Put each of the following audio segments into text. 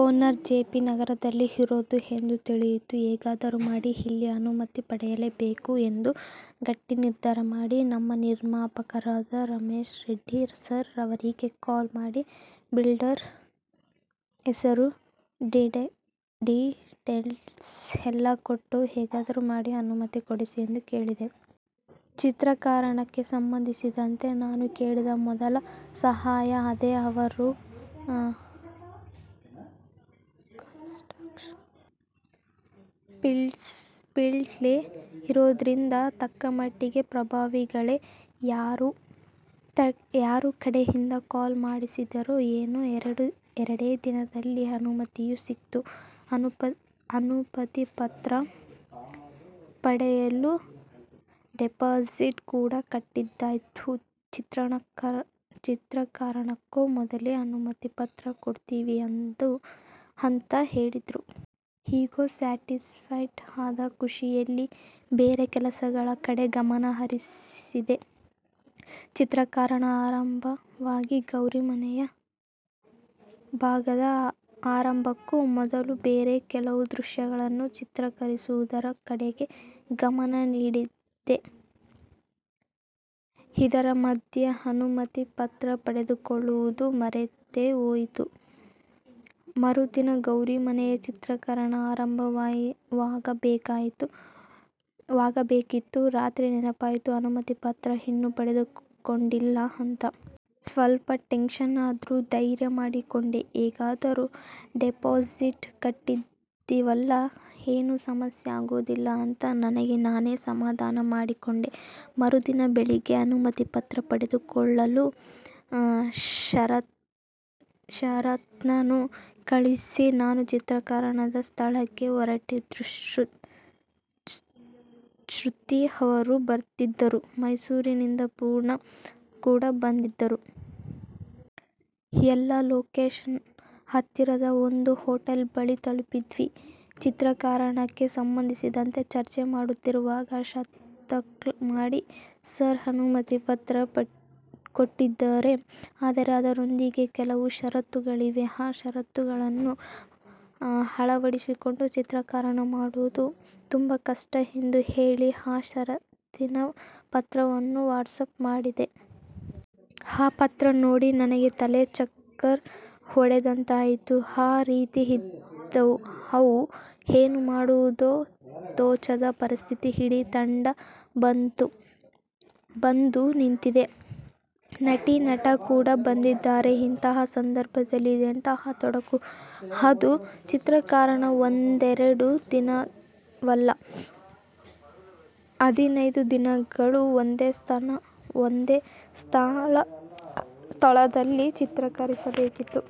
Owner J P ನಗರದಲ್ಲಿ ಇರೋದು ಎಂದು ತಿಳಿಯಿತು. ಹೇಗಾದರು ಮಾಡಿ ಇಲ್ಲಿ ಅನುಮತಿ ಪಡೆಯಲೇಬೇಕು ಎಂದು ಗಟ್ಟಿ ನಿರ್ಧಾರ ಮಾಡಿ, ನಮ್ ನಿರ್ಮಾಪಕರಾದ ರಮೇಶ್ ರೆಡ್ಡಿ ಸರ್ ಅವರಿಗೆ ಕಾಲ್ ಮಾಡಿ, ಬಿಲ್ಡರ್ ಹೆಸರು ಡಿಟೇಲ್ಸ್ ಎಲ್ಲಾ ಕೊಟ್ಟು, ಹೇಗಾದರು ಮಾಡಿ ಅನುಮತಿ ಕೊಡಿಸಿ ಎಂದು ಕೇಳಿದೆ. ಚಿತ್ರೀಕರಣಕ್ಕೆ ಸಂಬಂಧಿಸಿದಂತೆ ನಾನು ಕೇಳಿದ ಮೊದಲ ಸಹಾಯ ಅದೇ. ಅವರು ಕನ್ಸ್ಟ್ರ ಕ್ಷನ್ ಫೀಲ್ಡಲ್ಲೇ ಇರೋದ್ರಿಂದ ತಕ್ಕಮಟ್ಟಿಗೆ ಪ್ರಭಾವಿಗಳೇ. ಯಾರ ಕಡೆಯಿಂದ ಕಾಲ್ ಮಾಡಿಸಿದರೋ ಏನೋ ಎರಡೇ ದಿನದಲ್ಲಿ ಅನುಮತಿಯೂ ಸಿಕ್ತು, ಅನುಪತಿ ಪತ್ರ ಪಡೆಯಲು ಡೆಪಾಸಿಟ್ ಕೂಡ ಕಟ್ಟಿದ್ದಾಯ್ತು. ಚಿತ್ರೀಕರಣಕ್ಕೊ ಮೊದಲೇ ಅನುಮತಿ ಪತ್ರ ಕೊಡ್ತೀವಿ ಅಂತ ಹೇಳಿದ್ರು. ಇಗೋ ಸ್ಯಾಟಿಸ್ಫೈ ಆದ ಖುಷಿಯಲ್ಲಿ ಬೇರೆ ಕೆಲಸಗಳ ಕಡೆ ಗಮನ ಹರಿಸಿದೆ. ಚಿತ್ರೀಕರಣ ಆರಂಭವಾಗಿ ಗೌರಿ ಮನೆಯ ಭಾಗದ ಆರಂಭಕ್ಕೂ ಮೊದಲು ಬೇರೆ ಕೆಲವು ದೃಶ್ಯಗಳನ್ನು ಚಿತ್ರೀಕರಿಸುವುದರ ಕಡೆಗೆ ಗಮನ ನೀಡಿದ್ದೆ. ಇದರ ಮಧ್ಯೆ ಅನುಮತಿ ಪತ್ರ ಪಡೆದುಕೊಳ್ಳುವುದು ಮರೆತೇ ಹೋಗಿತ್ತು. ಮರುದಿನ ಗೌರಿ ಮನೆಯ ಚಿತ್ರೀಕರಣ ಆರಂಭವಾಗಬೇಕಿತ್ತು, ರಾತ್ರಿ ನೆನಪಾಯ್ತು ಅನುಮತಿ ಪತ್ರ ಇನ್ನೂ ಪಡೆದುಕೊಂಡಿಲ್ಲಾ ಅಂತ. ಸ್ವಲ್ಪ ಟೆನ್ಷನ್ ಆದ್ರು ಧೈರ್ಯ ಮಾಡಿಕೊಂಡೆ. ಹೇಗಿದ್ರು ಡೆಪಾಸಿಟ್ ಕಟ್ಟಿದ್ದೀವಲ್ಲಾ, ಏನೂ ಸಮಸ್ಯೆ ಆಗೋದಿಲ್ಲ ಅಂತ ನನಗೆ ನಾನೇ ಸಮಾಧಾನ ಮಾಡಿಕೊಂಡೆ. ಮರುದಿನ ಬೆಳಿಗ್ಗೆ ಅನುಮತಿ ಪತ್ರ ಪಡೆದುಕೊಳ್ಳಲು ಶರತ್ನನ್ನು ಕಳಿಸಿ, ನಾನು ಚಿತ್ರೀಕರಣದ ಸ್ಥಳಕ್ಕೆ ಹೊರಟೆ. ಶೃತಿ ಅವರೂ ಬರ್ತಿದ್ರು. ಮೈಸೂರಿನಿಂದ ಪೂರ್ಣ ಕೂಡ ಬಂದಿದ್ರು. ಎಲ್ಲಾ ಲೋಕೇಶನ್ ಹತ್ತಿರದ ಒಂದು ಹೋಟೆಲ್ ಬಳಿ ತಲುಪಿದ್ವಿ. ಚಿತ್ರೀಕರಣಕ್ಕೆ ಸಂಬಂಧಿಸಿದಂತೆ ಚರ್ಚೆ ಮಾಡುತ್ತಿರುವಾಗ ಶರತ್ಕಾಲ್ ಮಾಡಿ, ಸರ್ ಅನುಮತಿ ಪತ್ರ ಕೊಟ್ಟಿದ್ದಾರೆ. ಆದರೆ ಅದರೊಂದಿಗೆ ಕೆಲವು ಶರತ್ತುಗಳಿವೆ. ಆ ಶರತ್ತುಗಳನ್ನು ಅಳವಡಿಸಿಕೊಂಡು ಚಿತ್ರೀಕರಣ ಮಾಡೋದು ತುಂಬಾ ಕಷ್ಟ ಎಂದು ಹೇಳಿ, ಆ ಶರತ್ತಿನ ಪತ್ರವನ್ನು ವಾಟ್ಸಪ್ ಮಾಡಿದ. ಆ ಪತ್ರ ನೋಡಿ ನನಗೆ ತಲೆ ಚಕ್ಕರ್ ಹೊಡೆದಂತಾಯಿತು. ಆ ರೀತಿ ಇದ್ದವು ಅವು. ಏನು ಮಾಡುವುದೋ ತೋಚದ ಪರಿಸ್ಥಿತಿ ಇಡೀ ತಂಡ ಬಂದು ನಿಂತಿದೆ. ನಟಿ-ನಟ ಕೂಡ ಬಂದಿದ್ದಾರೆ. ಇಂತಹ ಸಂದರ್ಭದಲ್ಲಿ ಇದೆಂತಹ ತೊಡಕು. ಅದೂ ಚಿತ್ರೀಕರಣ ಒಂದೆರೆಡು ದಿನವಲ್ಲಾ. ಹದಿನೈದು ದಿನಗಳು ಒಂದೇ ಸ್ಥಳದಲ್ಲಿ ಚಿತ್ರೀಕರಿಸಬೇಕಿತ್ತು.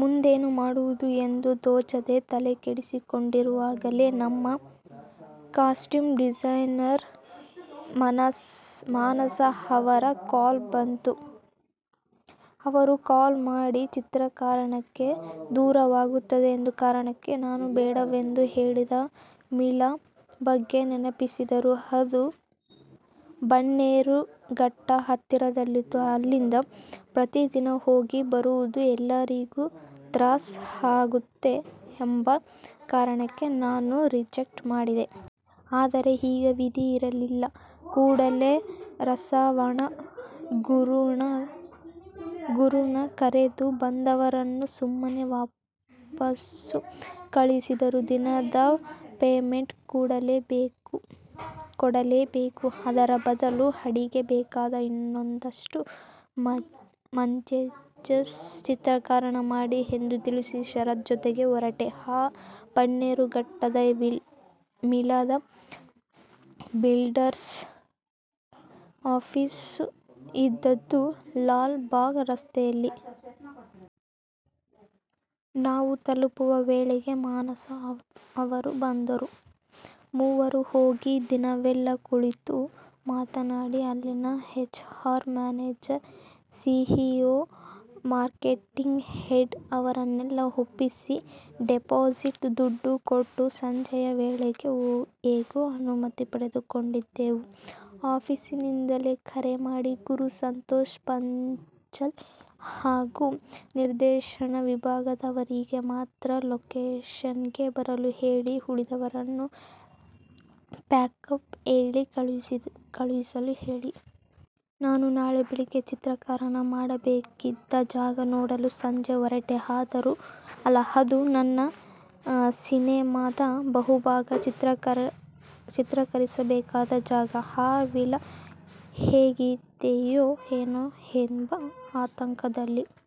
ಮುಂದೇನು ಮಾಡುವುದು ಎಂದು ತೋಚದೆ ತಲೆಕೆಡಿಸ್ಕೊಂಡಿರುವಾಗಲೇ ನಮ್ಮ ಕಾಸ್ಟ್ಯೂಮ್ ಡಿಸೈನರ್ ಮಾನಸ ಅವರ ಕಾಲ್ ಬಂತು. ಅವರು ಕಾಲ್ ಮಾಡಿ, ಚಿತ್ರೀಕರಣಕ್ಕೆ ದೂರವಾಗುತ್ತದೆ ಎಂಬ ಕಾರಣಕ್ಕೆ ನಾನು ಬೇಡವೆಂದು ಹೇಳಿದ್ದ ವಿಲ್ಲಾ ಬಗ್ಗೆ ನೆನಪಿಸಿದರು. ಅದು ಬನ್ನೇರುಘಟ್ಟ ಹತ್ತಿರದಲ್ಲಿತ್ತು. ಅಲ್ಲಿಂದ ಪ್ರತಿದಿನ ಹೋಗಿ ಬರುವುದು ಎಲ್ಲರಿಗು ತ್ರಾಸ ಆಗುತ್ತೆ ಎಂಬ ಕಾರಣಕ್ಕೆ ನಾನು ರಿಜೆಕ್ಟ್ ಮಾಡಿದ್ದೆ. ಆದರೆ ಈಗ ವಿಧಿ ಇರಲಿಲ್ಲ. ಕೂಡಲೇ ಸರವಣ ಗುರುನ ಕರೆದು, ಬಂದವರನ್ನು ಸುಮ್ಮನೆ ವಾಪಸ್ಸು ಕಳಿಸಿದರೂ ದಿನದ ಪೇಮೆಂಟ್ ಕೊಡಲೇಬೇಕು. ಅದರ ಬದಲು, ಹಾಡಿಗೆ ಬೇಕಾದ ಇನ್ನೊಂದಷ್ಟು ಮಾಂಟೇಜಸ್ ಚಿತ್ರೀಕರಣ ಮಾಡಿ ಎಂದು ತಿಳಿಸಿ, ಶರತ್ ಜೊತೆಗೆ ಹೊರಟೆ, ಆ ಬನ್ನೇರುಘಟ್ಟದ ವಿಲ್ಲಾದ ಬಿಲ್ಡರ್ಸ್ ಆಫೀಸು ಇದ್ದದ್ದು, ಲಾಲ್ ಬಾಗ್ ರಸ್ತೆಯಲ್ಲಿ. ನಾವು ತಲುಪುವ ವೇಳೆಗೆ ಮಾನಸ ಅವರೂ ಬಂದರು. ಮೂವರೂ ಹೋಗಿ, ದಿನವೆಲ್ಲಾ ಕುಳಿತು, ಮಾತನಾಡಿ, ಅಲ್ಲಿನ H R, manager, CEO, marketing head ಅವರನ್ನೆಲ್ಲಾ ಒಪ್ಪಿಸಿ, ಡೆಪಾಸಿಟ್ ದುಡ್ದು ಕೊಟ್ಟು ಸಂಜೆಯ ವೇಳೆಗೆ ಹೇಗೋ ಅನುಮತಿ ಪಡೆದುಕೊಂಡೆವು. ಆಫೀಸಿಂದಲೇ ಕರೆ ಮಾಡಿ, ಗುರು, ಸಂತೋಷ್ ಪಾಂಚಾಲ್ ಹಾಗೂ ನಿರ್ದೇಶನ ವಿಭಾಗದವರಿಗೆ ಮಾತ್ರ ಲೊಕೇಷನ್ಗೆ ಬರಲು ಹೇಳಿ, ಉಳಿದವರನ್ನು ಪ್ಯಾಕಪ್ ಹೇಳಿ ಕಳುಹಿಸಲು ಹೇಳಿ. ನಾನು ನಾಳೆ ಬೆಳಗ್ಗೆ ಚಿತ್ರೀಕರಣ ಮಾಡಬೇಕಿದ್ದ ಜಾಗ ನೋಡಲು ಸಂಜೆ ಹೊರಟೆ. ಅದೂ ನನ್ನ ಸಿನೆಮಾದ ಬಹುಭಾಗ ಚಿತ್ರೀಕರಿಸಬೇಕಾದ ಜಾಗ. ಆ ವಿಲ್ಲಾ ಹೇಗಿದೆಯೋ ಏನೋ ಎಂಬ ಆತಂಕದಲ್ಲಿ.